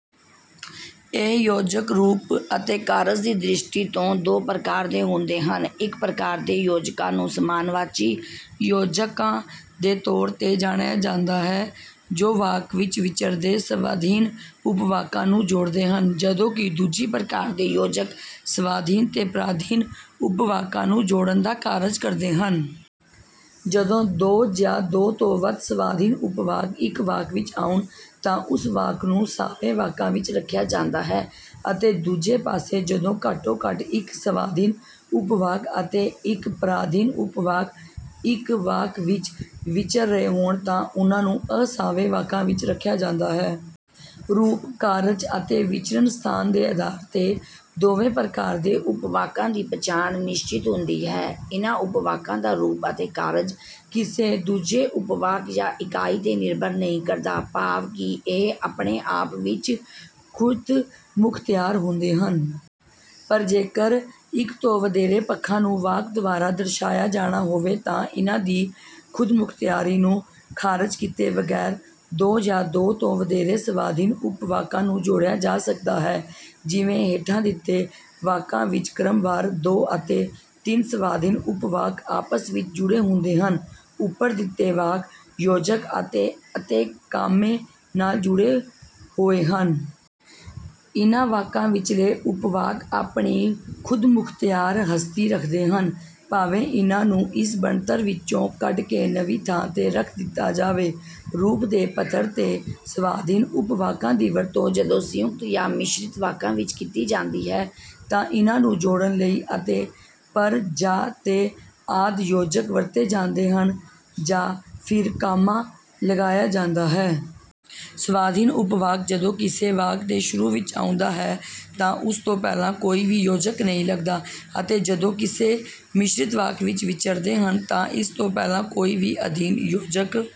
ਇਹ ਯੋਜਕ ਰੂਪ ਅਤੇ ਕਾਰਜ ਦੀ ਦ੍ਰਿਸ਼ਟੀ ਤੋਂ ਦੋ ਪ੍ਰਕਾਰ ਦੇ ਹੁੰਦੇ ਹਨ। ਇੱਕ ਪ੍ਰਕਾਰ ਦੇ ਯੋਜਕਾਂ ਨੂੰ ਸਮਾਨਵਾਚੀ ਯੋਜਕਾਂ ਦੇ ਤੌਰ 'ਤੇ ਜਾਣਿਆ ਜਾਂਦਾ ਹੈ, ਜੋ ਵਾਕ ਵਿੱਚ ਵਿਚਰਦੇ ਸਵਾਧੀਨ ਉਪਵਾਕਾਂ ਨੂੰ ਜੋੜਦੇ ਹਨ, ਜਦੋਂ ਕਿ ਦੂਜੀ ਪ੍ਰਕਾਰ ਦੇ ਯੋਜਕ ਸਵਾਧੀਨ ਤੇ ਪਰਾਧੀਨ ਉਪਵਾਕਾਂ ਨੂੰ ਜੋੜਨ ਦਾ ਕਾਰਜ ਕਰਦੇ ਹਨ। ਜਦੋਂ ਦੋ ਜਾਂ ਦੋ ਤੋਂ ਵੱਧ ਸਵਾਧੀਨ ਉਪਵਾਕ ਇੱਕ ਵਾਕ ਵਿੱਚ ਆਉਣ ਤਾਂ ਉਸ ਵਾਕ ਨੂੰ ਸਾਵੇਂ ਵਾਕਾਂ ਵਿੱਚ ਰੱਖਿਆ ਜਾਂਦਾ ਹੈ, ਅਤੇ ਦੂਜੇ ਪਾਸੇ ਜਦੋਂ ਘੱਟੋ-ਘੱਟ ਇੱਕ ਸਵਾਧੀਨ ਉਪਵਾਕ ਅਤੇ ਇੱਕ ਪਰਾਧੀਨ ਉਪਵਾਕ ਇੱਕ ਵਾਕ ਵਿੱਚ ਵਿਚਰ ਰਹੇ ਹੋਣ ਤਾਂ ਉਨ੍ਹਾਂ ਨੂੰ ਅਸਾਵੇਂ ਵਾਕਾਂ ਵਿੱਚ ਰੱਖਿਆ ਜਾਂਦਾ ਹੈ। ਰੂਪ, ਕਾਰਜ ਅਤੇ ਵਿਚਰਨ ਸਥਾਨ ਦੇ ਆਧਾਰ 'ਤੇ ਦੋਵੇਂ ਪ੍ਰਕਾਰ ਦੇ ਉਪਵਾਕਾਂ ਦੀ ਪਛਾਣ ਨਿਸ਼ਚਿਤ ਹੁੰਦੀ ਹੈ। ਇਨ੍ਹਾਂ ਉਪਵਾਕਾਂ ਦਾ ਰੂਪ ਅਤੇ ਕਾਰਜ ਕਿਸੇ ਦੂਜੇ ਉਪਵਾਕ ਜਾਂ ਇਕਾਈ 'ਤੇ ਨਿਰਭਰ ਨਹੀਂ ਕਰਦਾ, ਭਾਵ ਕਿ ਇਹ ਆਪਣੇ ਆਪ ਵਿੱਚ ਖ਼ੁਦਮੁਖਤਿਆਰ ਹੁੰਦੇ ਹਨ। ਪਰ ਜੇਕਰ ਇੱਕ ਤੋਂ ਵਧੇਰੇ ਪੱਖਾਂ ਨੂੰ ਵਾਕ ਦੁਆਰਾ ਦਰਸਾਇਆ ਜਾਣਾ ਹੋਵੇ ਤਾਂ ਇਨ੍ਹਾਂ ਦੀ ਖ਼ੁਦਮੁਖਤਿਆਰੀ ਨੂੰ ਖਾਰਜ ਕੀਤੇ ਬਗੈਰ ਦੋ ਜਾਂ ਦੋ ਤੋਂ ਵਧੇਰੇ ਸਵਾਧੀਨ ਉਪਵਾਕਾਂ ਨੂੰ ਜੋੜਿਆ ਜਾ ਸਕਦਾ ਹੈ; ਜਿਵੇਂ ਹੇਠਾਂ ਦਿੱਤੇ ਵਾਕਾਂ ਵਿੱਚ ਕ੍ਰਮਵਾਰ ਦੋ ਅਤੇ ਤਿੰਨ ਸਵਾਧੀਨ ਉਪਵਾਕ ਆਪਸ ਵਿੱਚ ਜੁੜੇ ਹੂੰਦੇ ਹਨ; ਉੱਪਰ ਦਿੱਤੇ ਵਾਕ ਯੋਜਕ ਅਤੇ ਅਤੇ ਕਾਮੇ ਨਾਲ ਜੁੜੇ ਹੋਏ ਹਨ। ਇਨ੍ਹਾਂ ਵਾਕਾਂ ਵਿਚਲੇ ਉਪਵਾਕ ਆਪਣੀ ਖ਼ੁਦਮੁਖਤਿਆਰ ਹਸਤੀ ਰੱਖਦੇ ਹਨ, ਭਾਵੇਂ ਇਨ੍ਹਾਂ ਨੂੰ ਇਸ ਬਣਤਰ ਵਿੱਚੋਂ ਕੱਢ ਕੇ ਨਵੀਂ ਥਾਂ 'ਤੇ ਰੱਖ ਦਿੱਤਾ ਜਾਵੇ। ਰੂਪ ਦੇ ਪੱਧਰ 'ਤੇ ਸਵਾਧੀਨ ਉਪਵਾਕਾਂ ਦੀ ਵਰਤੋਂ ਜਦੋਂ ਸੰਯੁਕਤ ਜਾਂ ਮਿਸ਼ਰਿਤ ਵਾਕਾਂ ਵਿੱਚ ਕੀਤੀ ਜਾਂਦੀ ਹੈ ਤਾਂ ਇਨ੍ਹਾਂ ਨੂੰ ਜੋੜਨ ਲਈ ਅਤੇ, ਪਰ, ਜਾਂ, ਤੇ ਆਦਿ ਯੋਜਕ ਵਰਤੇ ਜਾਂਦੇ ਹਨ ਜਾਂ ਫਿਰ ਕਾਮਾ ਲਗਾਇਆ ਜਾਂਦਾ ਹੈ। ਸਵਾਧੀਨ ਉਪਵਾਕ ਜਦੋਂ ਕਿਸੇ ਵਾਕ ਦੇ ਸ਼ੁਰੂ ਵਿੱਚ ਆਉਂਦਾ ਹੈ ਤਾਂ ਉਸ ਤੋਂ ਪਹਿਲਾਂ ਕੋਈ ਵੀ ਯੋਜਕ ਨਹੀਂ ਲਗਦਾ, ਅਤੇ ਜਦੋਂ ਕਿਸੇ ਮਿਸ਼ਰਿਤ ਵਾਕ ਵਿੱਚ ਵਿਚਰਦੇ ਹਨ ਤਾਂ ਇਸ ਤੋਂ ਪਹਿਲਾਂ ਕੋਈ ਵੀ ਅਧੀਨ ਯੋਜਕ